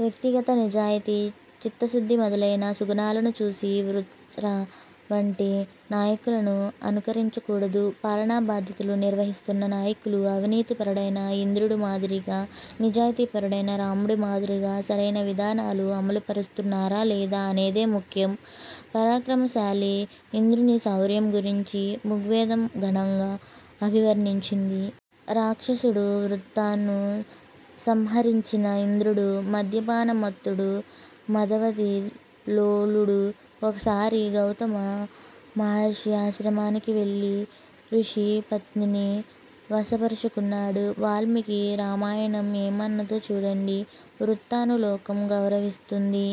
వ్యక్తిగత నిజాయితీ, చిత్తశుద్ధి మొదలైన సుగుణాలను చూసి వృత్రా వంటి నాయకులను అనుకారించకూడదు. పాలనా బాధ్యతలు నిర్వహిస్తున్న నాయకులు అవినీతి పరుడైన ఇంద్రుడు మాదిరిగా, నిజాయితీ పరుడైన రాముడు మాదిరిగా సరైన విధానాలు అమలు పరుస్తున్నారా లేదా అనేదే ముఖ్యం. పరాక్రమశాలి ఇంద్రుని శౌర్యం గురించి ఋగ్వేదం ఘనంగా అభివర్ణించింది. రాక్షసుడు వృత్రాను సంహరించిన ఇంద్రుడు మద్యపాన మత్తుడు, మదవతీ లోలుడు. ఒకసారి గౌతమ మహర్షి ఆశ్రమానికి వెళ్ళి ఋషి పత్నిని వశపరచుకున్నాడు. వాల్మీకి రామాయణం ఏమన్నదో చూడండి 'వృత్రాను లోకం గౌరవిస్తుంది.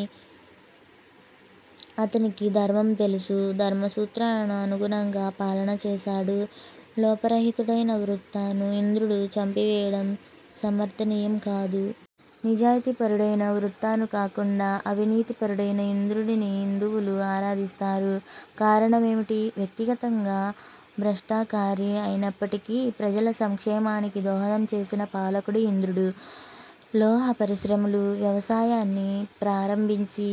అతనికి ధర్మం తెలుసు. ధర్మ సూత్రాలకు అనుగుణంగా పాలన చేశాడు. లోపరహితుడైన వృత్రాను ఇంద్రుడు చంపివేయడం సమర్థనీయం కాదు'. నిజాయితీ పరుడైన వృత్రాను కాకుండా అవినీతి పరుడైన ఇంద్రుడినే హిందువులు ఆరాధిస్తారు. కారణమేమిటి? వ్యక్తిగతంగా భ్రష్టాకారి అయినప్పటికీ ప్రజల సంక్షేమానికి దోహదం చేసిన పాలకుడు ఇంద్రుడు. లోహ పరిశ్రమలు, వ్యవసాయాన్ని ప్రారంభించి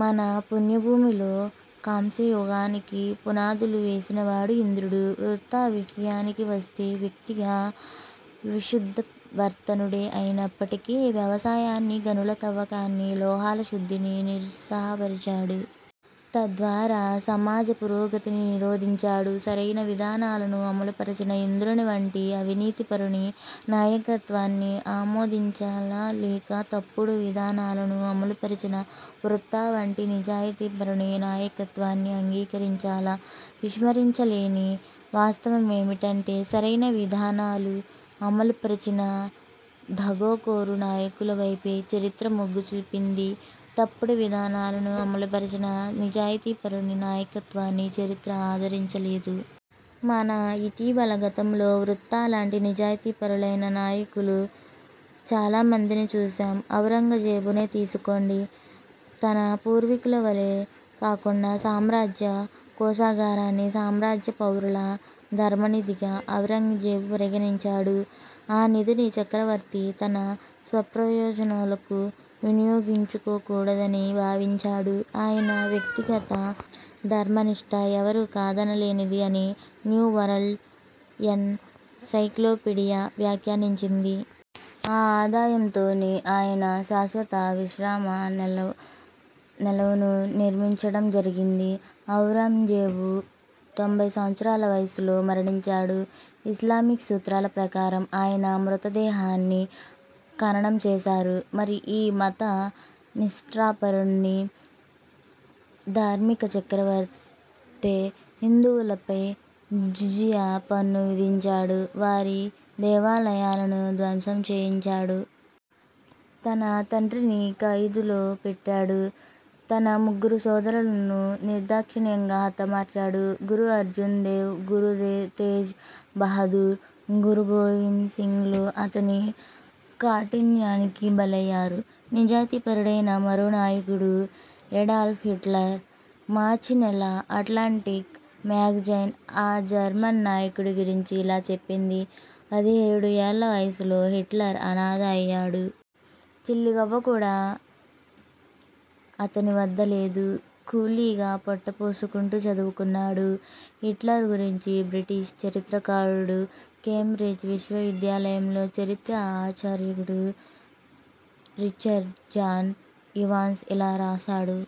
మన పుణ్య భూమిలో కాంస్య యుగానికి పునాదులు వేసినవాడు ఇంద్రుడు. వృత్రా విషయానికి వస్తే వ్యక్తిగా విశుద్ధ వర్తనుడే అయినప్పటికీ వ్యవసాయాన్ని, గనుల తవ్వకాన్ని, లోహాల శుద్ధిని నిరుత్సాహపరిచాడు. తద్వారా సమాజ పురోగతిని నిరోధించాడు. సరైన విధానాలను అమలుపరచిన ఇంద్రుని వంటి అవినీతిపరుని నాయకత్వాన్ని ఆమోదించాలా లేక తప్పుడు విధానాలను అమలుపరచిన వృత్రా వంటి నిజాయితీపరుని నాయకత్వాన్ని అంగీకరించాలా? విస్మరించలేని వాస్తవమేమిటంటే సరైన విధానాలు అమలుపరిచిన దగాకోరు నాయకుల వైపే చరిత్ర మొగ్గు చూపింది. తప్పుడు విధానాలను అమలుపరిచిన నిజాయితీపరుడి నాయకత్వాన్ని చరిత్ర ఆదరించలేదు. మన ఇటీవలి గతంలో వృత్రా లాంటి నిజాయితీపరులైన నాయకులు చాలామందిని చూశాం. ఔరంగజేబునే తీసుకోండి. 'తన పూర్వీకుల వలే కాకుండా సామ్రాజ్య కోశాగారాన్ని సామ్రాజ్య పౌరుల ధర్మనిధిగా ఔరంగజేబు పరిగణించాడు. ఆ నిధిని చక్రవర్తి తన స్వప్రయోజనాలకు వినియోగించుకోకూడదని భావించాడు. ఆయన వ్యక్తిగత ధర్మనిష్ఠ ఎవరూ కాదనలేనిది' అని న్యూ వరల్డ్ ఎన్ సైక్లోపీడియా వ్యాఖ్యానించింది. ఆ ఆదాయంతోనే ఆయన శాశ్వత విశ్రామ నెలవును నిర్మించడం జరిగింది. ఔరంజేబు తొంభై సంవత్సరాల వయస్సులో మరణించాడు. ఇస్లామిక్ సూత్రాల ప్రకారం ఆయన మృతదేహాన్ని ఖననం చేశారు. మరి ఈ మత నిష్ఠాపరుడు, ధార్మిక చక్రవర్తే హిందువులపై జిజియా పన్ను విధించాడు. వారి దేవాలయాలను ధ్వంసం చేయించాడు. తన తండ్రిని ఖైదులో పెట్టాడు. తన ముగ్గురు సోదరులను నిర్దాక్షిణ్యంగా హతమార్చాడు. గురు అర్జున్ దేవ్, గురు తేజ్ బహదూర్, గురు గోవింద్ సింగ్లు అతని కాఠిన్యానికి బలయ్యారు. నిజాయితీపరుడైన మరో నాయకుడు ఎడాల్ఫ్ హిట్లర్. మార్చి నెల 'అట్లాంటిక్' మ్యాగజైన్ ఆ జర్మన్ నాయకుడి గురించి ఇలా చెప్పింది 'పదిహేడు ఏళ్ళ వయస్సులో హిట్లర్ అనాథ అయ్యాడు. చిల్లి గవ్వ కూడా అతని వద్ద లేదు. కూలీగా పొట్ట పోసుకుంటూ చదువుకున్నాడు'. హిట్లర్ గురించి బ్రిటిష్ చరిత్రకారుడు, కేంబ్రిడ్జ్ విశ్వవిద్యాలయంలో చరిత్ర ఆచార్యుడు రిచర్డ్ జాన్ ఇవాన్స్ ఇలా రాశాడు